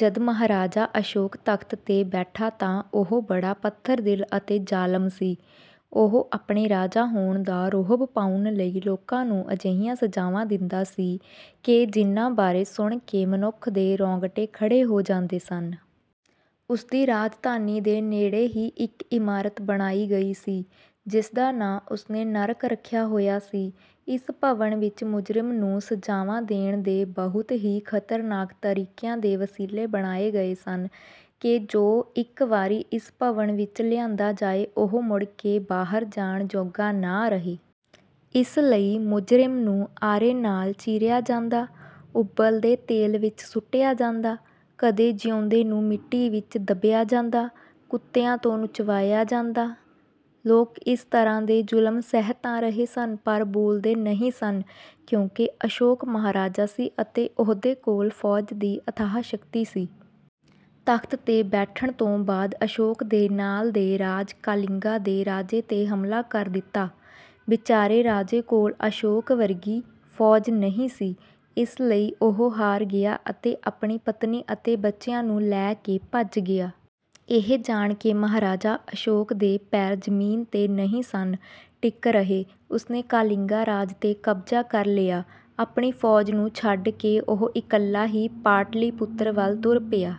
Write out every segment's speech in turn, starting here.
ਜਦ ਮਹਾਰਾਜਾ ਅਸ਼ੋਕ ਤਖ਼ਤ 'ਤੇ ਬੈਠਾ ਤਾਂ ਉਹ ਬੜਾ ਪੱਥਰ-ਦਿਲ ਅਤੇ ਜ਼ਾਲਮ ਸੀ। ਉਹ ਆਪਣੇ ਰਾਜਾ ਹੋਣ ਦਾ ਰੋਹਬ ਪਾਉਣ ਲਈ ਲੋਕਾਂ ਨੂੰ ਅਜਿਹੀਆਂ ਸਜ਼ਾਵਾਂ ਦਿੰਦਾ ਸੀ ਕਿ ਜਿਨ੍ਹਾਂ ਬਾਰੇ ਸੁਣ ਕੇ ਮਨੁੱਖ ਦੇ ਰੌਂਗਟੇ ਖੜ੍ਹੇ ਹੋ ਜਾਂਦੇ ਸਨ। ਉਸ ਦੀ ਰਾਜਧਾਨੀ ਦੇ ਨੇੜੇ ਹੀ ਇੱਕ ਇਮਾਰਤ ਬਣਾਈ ਗਈ ਸੀ ਜਿਸ ਦਾ ਨਾਂ ਉਸ ਨੇ 'ਨਰਕ' ਰੱਖਿਆ ਹੋਇਆ ਸੀ। ਇਸ ਭਵਨ ਵਿੱਚ ਮੁਜਰਿਮ ਨੂੰ ਸਜ਼ਾਵਾਂ ਦੇਣ ਦੇ ਬਹੁਤ ਹੀ ਖ਼ਤਰਨਾਕ ਤਰੀਕਿਆਂ ਦੇ ਵਸੀਲੇ ਬਣਾਏ ਗਏ ਸਨ ਕਿ ਜੋ ਇੱਕ ਵਾਰੀ ਇਸ ਭਵਨ ਵਿੱਚ ਲਿਆਂਦਾ ਜਾਏ ਉਹ ਮੁੜ ਕੇ ਬਾਹਰ ਜਾਣ ਜੋਗਾ ਨਾ ਰਹੇ। ਇਸ ਲਈ ਮੁਜਰਿਮ ਨੂੰ ਆਰੇ ਨਾਲ਼ ਚੀਰਿਆ ਜਾਂਦਾ, ਉਬਲਦੇ ਤੇਲ ਵਿੱਚ ਸੁੱਟਿਆ ਜਾਂਦਾ, ਕਦੇ ਜਿਉਂਦੇ ਨੂੰ ਮਿੱਟੀ ਵਿੱਚ ਦੱਬਿਆ ਜਾਂਦਾ, ਕੁੱਤਿਆਂ ਤੋਂ ਨੁਚਵਾਇਆ ਜਾਂਦਾ। ਲੋਕ ਇਸ ਤਰ੍ਹਾਂ ਦੇ ਜ਼ੁਲਮ ਸਹਿ ਤਾਂ ਰਹੇ ਸਨ ਪਰ ਬੋਲਦੇ ਨਹੀਂ ਸਨ ਕਿਉਂਕਿ ਅਸ਼ੋਕ ਮਹਾਰਾਜਾ ਸੀ ਅਤੇ ਉਹਦੇ ਕੋਲ ਫ਼ੌਜ ਦੀ ਅਥਾਹ ਸ਼ਕਤੀ ਸੀ। ਤਖ਼ਤ 'ਤੇ ਬੈਠਣ ਤੋਂ ਬਾਅਦ ਅਸ਼ੋਕ ਨੇ ਨਾਲ਼ ਦੇ ਰਾਜ ਕਾਲਿੰਗਾ ਦੇ ਰਾਜੇ 'ਤੇ ਹਮਲਾ ਕਰ ਦਿੱਤਾ। ਵਿਚਾਰੇ ਰਾਜੇ ਕੋਲ ਅਸ਼ੋਕ ਵਰਗੀ ਫ਼ੌਜ ਨਹੀਂ ਸੀ, ਇਸ ਲਈ ਉਹ ਹਾਰ ਗਿਆ ਅਤੇ ਆਪਣੀ ਪਤਨੀ ਅਤੇ ਬੱਚਿਆਂ ਨੂੰ ਲੈ ਕੇ ਭੱਜ ਗਿਆ। ਇਹ ਜਾਣ ਕੇ ਮਹਾਰਾਜਾ ਅਸ਼ੋਕ ਦੇ ਪੈਰ ਜ਼ਮੀਨ 'ਤੇ ਨਹੀਂ ਸਨ ਟਿਕ ਰਹੇ। ਉਸ ਨੇ ਕਾਲਿੰਗਾ ਰਾਜ 'ਤੇ ਕਬਜ਼ਾ ਕਰ ਲਿਆ। ਆਪਣੀ ਫ਼ੌਜ ਨੂੰ ਛੱਡ ਕੇ ਉਹ ਇਕੱਲਾ ਹੀ ਪਾਟਲੀਪੁੱਤਰ ਵੱਲ ਤੁਰ ਪਿਆ।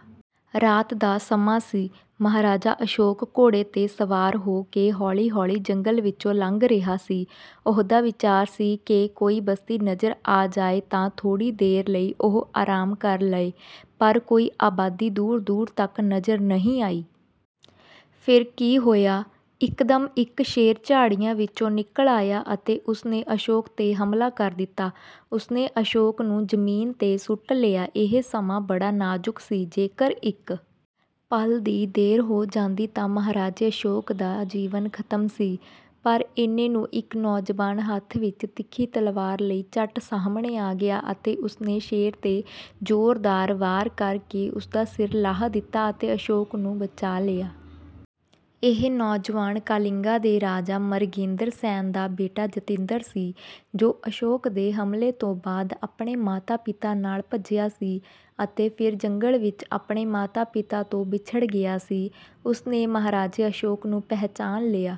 ਰਾਤ ਦਾ ਸਮਾਂ ਸੀ, ਮਹਾਰਾਜਾ ਅਸ਼ੋਕ ਘੋੜੇ 'ਤੇ ਸਵਾਰ ਹੋ ਕੇ ਹੌਲੀ-ਹੌਲੀ ਜੰਗਲ ਵਿੱਚੋਂ ਲੰਘ ਰਿਹਾ ਸੀ। ਉਹਦਾ ਵਿਚਾਰ ਸੀ ਕਿ ਕੋਈ ਬਸਤੀ ਨਜ਼ਰ ਆ ਜਾਏ ਤਾਂ ਥੋੜ੍ਹੀ ਦੇਰ ਲਈ ਉਹ ਆਰਾਮ ਕਰ ਲਏ ਪਰ ਕੋਈ ਆਬਾਦੀ ਦੂਰ-ਦੂਰ ਤੱਕ ਨਜ਼ਰ ਨਹੀਂ ਆਈ। ਫਿਰ ਕੀ ਹੋਇਆ, ਇੱਕਦਮ ਇੱਕ ਸ਼ੇਰ ਝਾੜੀਆਂ ਵਿੱਚੋਂ ਨਿਕਲ ਆਇਆ ਅਤੇ ਉਸ ਨੇ ਅਸ਼ੋਕ 'ਤੇ ਹਮਲਾ ਕਰ ਦਿੱਤਾ। ਉਸ ਨੇ ਅਸ਼ੋਕ ਨੂੰ ਜ਼ਮੀਨ 'ਤੇ ਸੁੱਟ ਲਿਆ। ਇਹ ਸਮਾਂ ਬੜਾ ਨਾਜ਼ੁਕ ਸੀ। ਜੇਕਰ ਇੱਕ ਪਲ ਦੀ ਦੇਰ ਹੋ ਜਾਂਦੀ ਤਾਂ ਮਹਾਰਾਜੇ ਅਸ਼ੋਕ ਦਾ ਜੀਵਨ ਖ਼ਤਮ ਸੀ ਪਰ ਏਨੇ ਨੂੰ ਇੱਕ ਨੌਜਵਾਨ ਹੱਥ ਵਿੱਚ ਤਿੱਖੀ ਤਲਵਾਰ ਲਈ ਝੱਟ ਸਾਹਮਣੇ ਆ ਗਿਆ ਅਤੇ ਉਸ ਨੇ ਸ਼ੇਰ 'ਤੇ ਜ਼ੋਰਦਾਰ ਵਾਰ ਕਰ ਕੇ ਉਸ ਦਾ ਸਿਰ ਲਾਹ ਦਿੱਤਾ ਅਤੇ ਅਸ਼ੋਕ ਨੂੰ ਬਚਾ ਲਿਆ। ਇਹ ਨੌਜਵਾਨ ਕਾਲਿੰਗਾ ਦੇ ਰਾਜਾ ਮਰਗੇਂਦਰ ਸੈਨ ਦਾ ਬੇਟਾ ਜਤਿੰਦਰ ਸੀ ਜੋ ਅਸ਼ੋਕ ਦੇ ਹਮਲੇ ਤੋਂ ਬਾਅਦ ਆਪਣੇ ਮਾਤਾ-ਪਿਤਾ ਨਾਲ਼ ਭੱਜਿਆ ਸੀ ਅਤੇ ਫਿਰ ਜੰਗਲ ਵਿੱਚ ਆਪਣੇ ਮਾਤਾ-ਪਿਤਾ ਤੋਂ ਵਿਛੜ ਗਿਆ ਸੀ। ਉਸ ਨੇ ਮਹਾਰਾਜੇ ਅਸ਼ੋਕ ਨੂੰ ਪਹਿਚਾਣ ਲਿਆ।